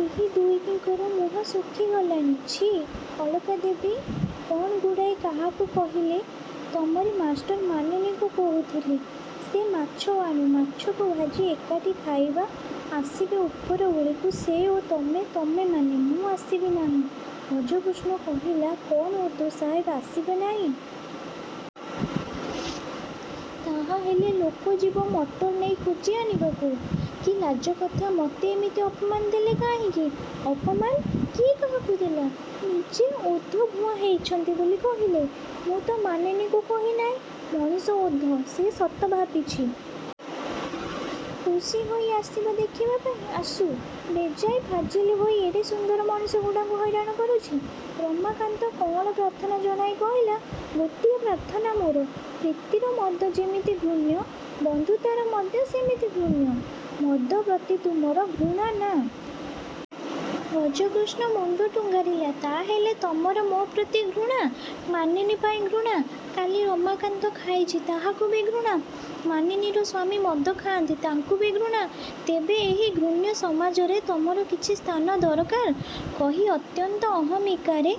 ଏହି ଦୁଇଟିଙ୍କର ମୁହଁ ଶୁଖି ଗଲାଣି। -ଛି, ଅଳକା ଦେବୀ, କ'ଣ ଗୁଡ଼ାଏ କାହାକୁ କହିଲେ? -ତମରି ମାଷ୍ଟର ମାନିନୀକୁ କହୁଥିଲି। ସେ ମାଛ ଆଣୁ-ମାଛକୁ ଭାଜି ଏକାଠି ଖାଇବା-। ଆସିବେ ଉପର ଓଳିକୁ-ସେ ଓ ତମେ-ତମେମାନେ। -ମୁଁ ଆସିବି ନାହିଁ। ଭଜକୃଷ୍ଣ କହିଲା। -କ'ଣ ଓଧ ସାହେବ ଆସିବେ ନାହିଁ। ତାହାହେଲେ ଲୋକ ଯିବ ମଟର ନେଇ ଖୋଜି ଆଣିବାକୁ। -କି ଲାଜ କଥା? ମତେ ଏମିତି ଅପମାନ ଦେଲେ କାହିଁକି? -ଅପମାନ? କିଏ କାହାକୁ ଦେଲା? ନିଜେ ଓଧ-ଭୁଆଁ ହେଇଛନ୍ତି ବୋଲି କହିଲେ। ମୁଁ ତ ମାନିନୀକୁ କହି ନାହିଁ ମଣିଷ-ଓଧ। ସେ ସତ ଭାବିଛି। ଖୁସି ହୋଇ ଆସିବ ଦେଖିବା ପାଇଁ-। ଆସୁ। ବେଜାଏ ଫାଜିଲ ହୋଇ ଏଡ଼େ ସୁନ୍ଦର ମଣିଷଗୁଡ଼ାଙ୍କୁ ହଇରାଣ କରୁଛି। ରମାକାନ୍ତ କଅଁଳ ପ୍ରାର୍ଥନା ଜଣାଇ କହିଲା-ଗୋଟାଏ ପ୍ରାର୍ଥନା ମୋର।। ପ୍ରୀତିର ମଦ ଯେମିତି ଘୃଣ୍ୟ, ବନ୍ଧୁତାର ମଦ ସେମିତି ଘୃଣ୍ୟ। ମଦ ପ୍ରତି ତୁମର ଘୃଣା ନା? ଭଜକୃଷ୍ଣ ମୁଣ୍ଡ ଟୁଙ୍ଗାରିଲା। -ତାହେଲେ ତମର ମୋ'ପ୍ରତି ଘୃଣା? -ମାନିନୀ ପାଇଁ ଘୃଣା? -କାଲି ରମାକାନ୍ତ ଖାଇଛି-ତାହାକୁ ବି ଘୃଣା? -ମାନିନୀର ସ୍ୱାମୀ ମଦ ଖାଆନ୍ତି, ତାଙ୍କୁ ବି ଘୃଣା? ତେବେ ଏଇ ଘୃଣ୍ୟ ସମାଜରେ ତମର କିଛି ସ୍ଥାନ ଦରକାର? କହି ଅତ୍ୟନ୍ତ ଅହମିକାରେ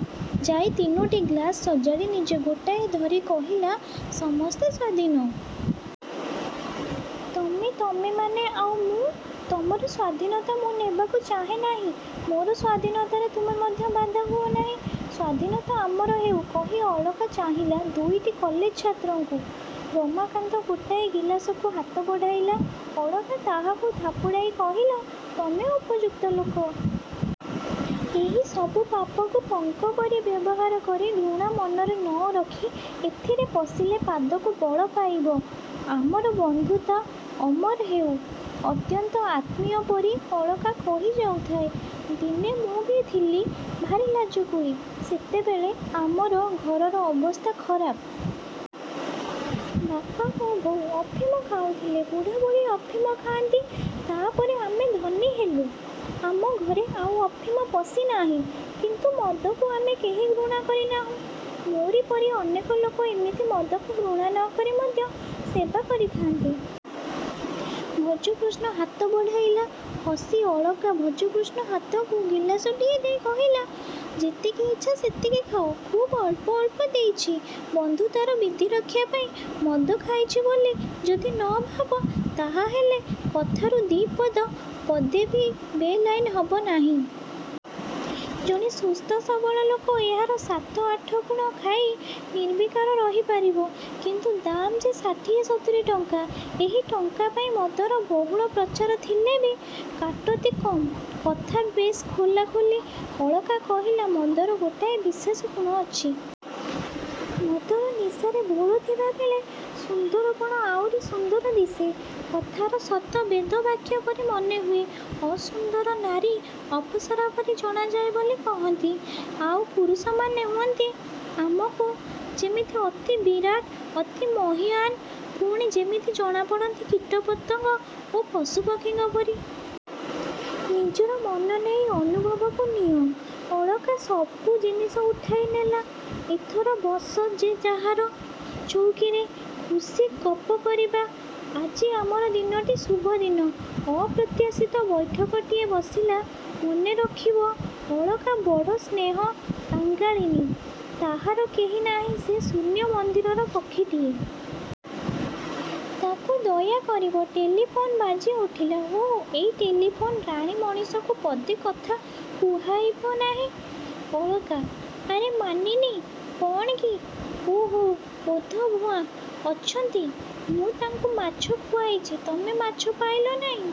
ଯାଇ ତିନୋଟି ଗ୍ଲାସ ସଜାଡ଼ି ନିଜେ ଗୋଟାଏ ଧରି କହିଲା-ସମସ୍ତେ ସ୍ୱାଧୀନ। ତମେ-ତମେମାନେ-ଆଉ ମୁଁ। ତମର ସ୍ୱାଧୀନତା ମୁଁ ନେବାକୁ ଚାହେଁ ନାହିଁ। ମୋର ସ୍ୱାଧୀନତାରେ ତୁମେ ମଧ୍ୟ ବାଧା ହୁଅ ନାହିଁ। -ସ୍ୱାଧୀନତା ଅମର ହେଉ-କହି ଅଳକା ଚାହିଁଲା ଦୁଇଟି କଲେଜ ଛାତ୍ରଙ୍କୁ। ରମାକାନ୍ତ ଗୋଟିଏ ଗିଲାସକୁ ହାତ ବଢ଼ାଇଲା। ଅଳକା ତାହାକୁ ଥାପୁଡ଼ାଇ କହିଲା-ତମେ ଉପଯୁକ୍ତ ଲୋକ। ଏହି ସବୁ ପାପକୁ ପଙ୍କପରି ବ୍ୟବହାର କରି ଘୃଣା ମନରେ ନ ରଖି ଏଥିରେ ପଶିଲେ ପାଦକୁ ବଳ ପାଇବ। ଆମର ବନ୍ଧୁତା ଅମର ହେଉ। ଅତ୍ୟନ୍ତ ଆତ୍ମୀୟ ପରି ଅଳକା କହି ଯାଉଥାଏ-ଦିନେ ମୁଁ ବି ଥିଲି ଭାରି ଲାଜକୁଳି। ସେତେବେଳେ ଆମର ଘରର ଅବସ୍ଥା ଖରାପ। ବାପା ଓ ବୋଉ ଅଫିମ ଖାଉଥିଲେ। ବୁଢ଼ାବୁଢ଼ୀ ଅଫିମ ଖାଆନ୍ତି ତା'ପରେ ଆମେ ଧନୀ ହେଲୁ। ଆମ ଘରେ ଆଉ ଅଫିମ ପଶି ନାହିଁ। କିନ୍ତୁ ମଦକୁ ଆମେ କେହି ଘୃଣା କରି ନାହୁଁ। ମୋରି ପରି ଅନେକ ଲୋକ ଏମିତି ମଦକୁ ଘୃଣା ନ କରି ମଧ୍ୟ ସେବା କରିଥାନ୍ତି। ଭଜକୃଷ୍ଣ ହାତ ବଢ଼ାଇଲା। ହସି ଅଳକା ଭଜକୃଷ୍ଣ ହାତକୁ ଗିଲାସଟିଏ ଦେଇ କହିଲା-ଯେତିକି ଇଚ୍ଛା ସେତିକି ଖାଅ-। ଖୁବ୍ ଅଳ୍ପ ଅଳ୍ପ ଦେଇଛି-ବନ୍ଧୁତାର ବିଧିରକ୍ଷା ପାଇଁ। ମଦ ଖାଇଛି ବୋଲି ଯଦି ନ ଭାବ, ତାହାହେଲେ କଥାରୁ ଦି'ପଦ ପଦେ ବି ବେଲାଇନ ହବ ନାହିଁ। ଜଣେ ସୁସ୍ଥ ସବଳ ଲୋକ ଏହାର ସାତ ଆଠଗୁଣ ଖାଇ ନିର୍ବିକାର ରହି ପାରିବ-କିନ୍ତୁ ଦାମ୍ ଯେ ଷାଠିଏ ସତୁରୀ ଟଙ୍କା ଏଇ ଟଙ୍କା ପାଇଁ ମଦର ବହୁଳ ପ୍ରଚାର ଥିଲେ ବି କାଟତି କମ୍। କଥା ବେଶ୍ ଖୋଲା ଖୋଲି। ଅଳକା କହିଲା-ମଦର ଗୋଟାଏ ବିଶେଷ ଗୁଣ ଅଛି। ମଦର ନିଶାରେ ଭୋଳ ଥିଲାବେଳେ ସୁନ୍ଦରପଣ ଆଉରି ସୁନ୍ଦର ଦିଶେ। କଥାର ସତ ବେଦବାକ୍ୟ ପରି ମନେହୁଏ। ଅସୁନ୍ଦର ନାରୀ ଅପସରା ପରି ଜଣାଯାଏ ବୋଲି କହନ୍ତି। ଆଉ ପୁରୁଷ ମନେ ହୁଅନ୍ତି ଆମକୁ ଯେମିତି ଅତି ବିରାଟ-ଅତି ମହୀୟାନ୍। ପୁଣି ଯେମିତି ଜଣାପଡ଼ନ୍ତି କୀଟ-ପତଙ୍ଗ ଓ ପଶୁପକ୍ଷୀଙ୍କ ପରି। ନିଜର ମନ ନେଇ ଅନୁଭବକୁ ନିଅ। ଅଳକା ସବୁ ଜିନିଷ ଉଠାଇ ନେଲା। ଏଥର ବସ ଯେ ଯାହାର ଚଉକୀରେ-ଖୁସି ଗପ କରିବା। ଆଜି ଆମର ଦିନଟି ଶୁଭ ଦିନ। ଅପ୍ରତ୍ୟାଶିତ ବୈଠକଟିଏ ବସିଲା-ମନେ ରଖିବ ଅଳକା ବଡ଼ ସ୍ନେହ-କାଙ୍ଗାଳିନୀ। ତାହାର କେହି ନାହିଁ। ସେ ଶୂନ୍ୟ ମନ୍ଦିରର ପକ୍ଷୀଟିଏ। ତା'କୁ ଦୟା କରିବ। ଟେଲିଫୋନ୍ ବାଜି ଉଠିଲା। -ଓଃ, ଏଇ ଟେଲିଫୋନ୍ ରାଣୀ ମଣିଷକୁ ପଦେ କଥା କୁହାଇ ବ ନାହିଁ। -ଅଳକା। -ଆରେ ମାନିନୀ? କ'ଣ କି? -ଓଃ, ଓଧ-ଭୁଆଁ। ଅଛନ୍ତି। ମୁଁ ତାଙ୍କୁ ମାଛ ଖୁଆଇଛି ତମେ ମାଛ ପାଇଲ ନାହିଁ।